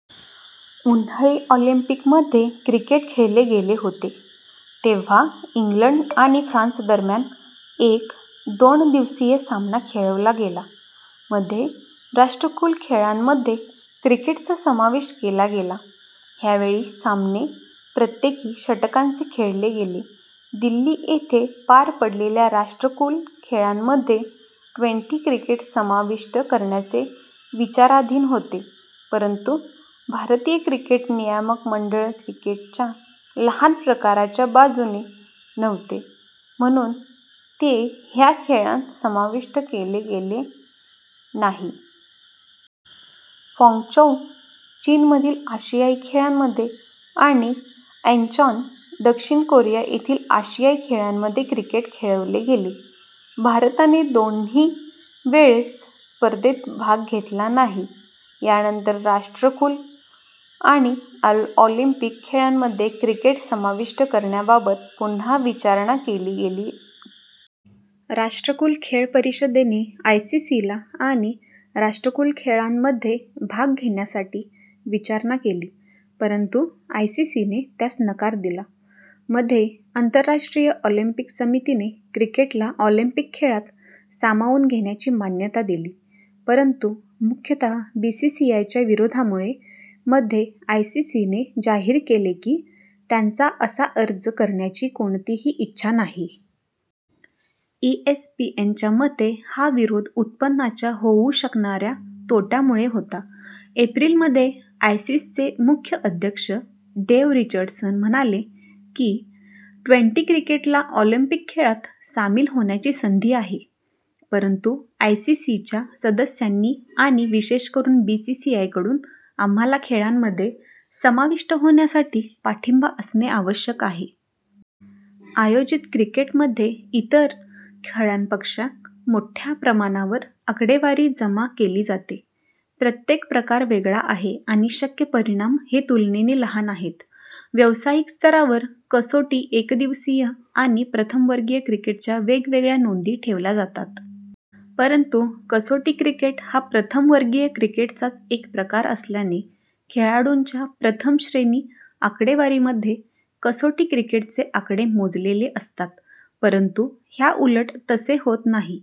: उन्हाळी ऑलिंपिकमध्ये क्रिकेट खेळले गेले होते, तेव्हा इंग्लंड आणि फ्रान्स दरम्यान एक दोन-दिवसीय सामना खेळवला गेला. मध्ये, राष्ट्रकुल खेळांमध्ये क्रिकेटचा समावेश केला गेला, ह्यावेळी सामने प्रत्येकी -षटकांचे खेळले गेले. दिल्ली येथे पार पडलेल्या राष्ट्रकुल खेळांमध्ये ट्वेंटी क्रिकेट समाविष्ट करण्याचे विचाराधीन होते, परंतु भारतीय क्रिकेट नियामक मंडळ क्रिकेटच्या लहान प्रकाराच्या बाजूने नव्हते, म्हणून ते ह्या खेळांत समाविष्ट केले गेले नाही.। क्वांगचौ, चीन मधील आशियाई खेळांमध्ये आणि इंचॉन, दक्षिण कोरिया येथील आशियाई खेळांमध्ये क्रिकेट खेळवले गेले. भारताने दोन्ही वेळेस स्पर्धेत भाग घेतला नाही. यानंतर राष्ट्रकुल आणि ऑलिंपिक खेळांमध्ये क्रिकेट समाविष्ट करण्याबाबद पुन्हा विचारणा केली गेली. राष्ट्रकुल खेळ परिषदेने आयसीसीला आणि राष्ट्रकुल खेळांमध्ये भाग घेण्यासाठी विचारणा केली परंतु आयसीसीने त्यास नकार दिला. मध्ये, आंतरराष्ट्रीय ऑलिंपिक समितीने क्रिकेटला ऑलिंपिक खेळात सामावून घेण्याची मान्यता दिली, परंतु मुख्यतः बीसीसीआयच्या विरोधामुळे, मध्ये आयसीसीने जाहीर केले की त्यांचा असा अर्ज करण्याची कोणतीही इच्छा नाही. ईएसपीएन च्या मते हा विरोध उत्पन्नाच्या होऊ शकणाऱ्या तोट्यामुळे होता. एप्रिल मध्ये आयसीसचे मुख्य अध्यक्ष डेव्ह रिचर्डसन म्हणाले की, ट्वेंटी क्रिकेटला ऑलिंपिक खेळात सामील होण्याची संधी आहे, परंतु आयसीसीच्या सदस्यांनी आणि विशेषकरून बीसीसीआयकडून आम्हाला खेळांमध्ये समाविष्ट होण्यासाठी पाठिंबा असणे आवश्यक आहे. आयोजित क्रिकेटमध्ये इतर खळांपेक्षा मोठ्या प्रमाणावर आकडेवारी जमा केली जाते. प्रत्येक प्रकार वेगळा आहे आणि शक्य परिणाम हे तुलनेने लहान आहेत. व्यावसायिक स्तरावर, कसोटी, एकदिवसीय आणि प्रथम वर्गीय क्रिकेटच्या वेगवेगळ्या नोंदी ठेवल्या जातात. परंतु कसोटी क्रिकेट हा प्रथम वर्गीय क्रिकेटचाच एक प्रकार असल्याने खेळाडूंच्या प्रथम-श्रेणी आकडेवारीमध्ये कसोटी क्रिकेटचे आकडे मोजलेले असतात परंतु ह्याउलट तसे होत नाही.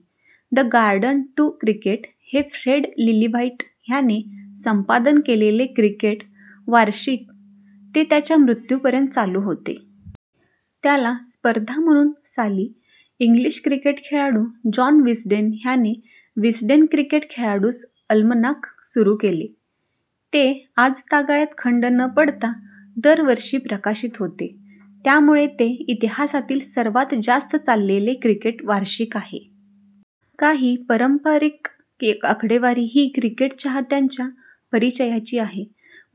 द गाईड टू क्रिकेट हे फ्रेड लिलीव्हाईट ह्याने संपादन केलेले क्रिकेट वार्षिक ते त्याच्या मृत्यु पर्यंत चालू होते. त्याला स्पर्धा म्हणून साली इंग्लिश क्रिकेट खेळाडू जॉन विस्डेन ह्याने विस्डेन क्रिकेट खेळाडू्स अल्मनाक सुरू केले. ते आजतागायत खंड न पडता दर वर्षी प्रकाशित होते. त्यामुळे ते इतिहासातील सर्वात जास्त चाललेले क्रिकेट वार्षिक आहे. काही पारंपारिक आकडेवारी ही क्रिकेट चाहत्यांच्या परिचयाची आहे.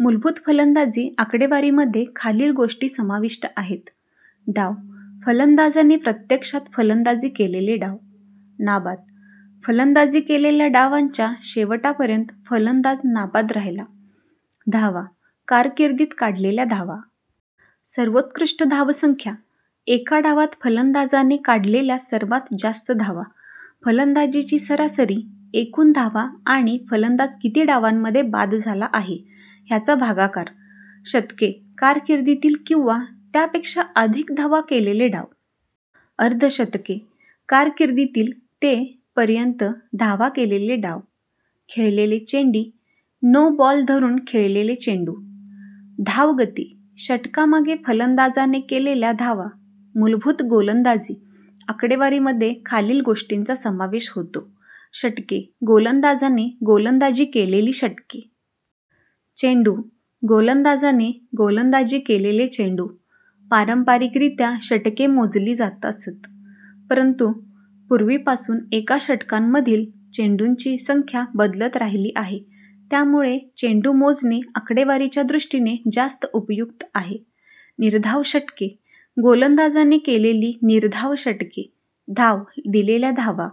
मूलभूत फलंदाजी आकडेवारीमध्ये खालील गोष्टी समाविष्ट आहेत: डाव: फलंदाजाने प्रत्यक्षात फलंदाजी केलेले डाव. नाबाद: फलंदाजी केलेल्या डावांच्या शेवटापर्यंत फलंदाज नाबाद राहिला. धावा: कारकिर्दीत काढलेल्या धावा. सर्वोत्कृष्ट धावसंख्या: एका डावात फलंदाजाने काढलेल्या सर्वात जास्त धावा. फलंदाजीची सरासरी: एकूण धावा आणि फलंदाज किती डावांमध्ये बाद झाला आहे, ह्याचा भागाकार. शतके: कारकिर्दीतील किंवा त्यापेक्षा अधिक धावा केलेले डाव. अर्धशतके: कारकिर्दीतील ते पर्यंत धावा केलेले डाव.. खेळलेले चेंडी :नो बॉल धरून खेळलेले चेंडू. धावगती: षटकामागे फलंदाजाने केलेल्या धावा. मूलभूत गोलंदाजी आकडेवारीमध्ये खालील गोष्टींचा समावेश होतो: षटके: गोलंदाजाने गोलंदाजी केलेली षटके. चेंडू: गोलंदाजाने गोलंदाजी केलेले चेंडू. पारंपरिकरित्या षटके मोजली जात असत, परंतु पूर्वीपासून एका षटकांमधील चेंडूंची संख्या बदलत राहिली आहे, त्यामुळे चेंडू मोजणे आकडेवारीच्या दृष्टीने जास्त उपयुक्त आहे. निर्धाव षटके: गोलंदाजाने केलेली निर्धाव षटके. धावा: दिलेल्या धावा.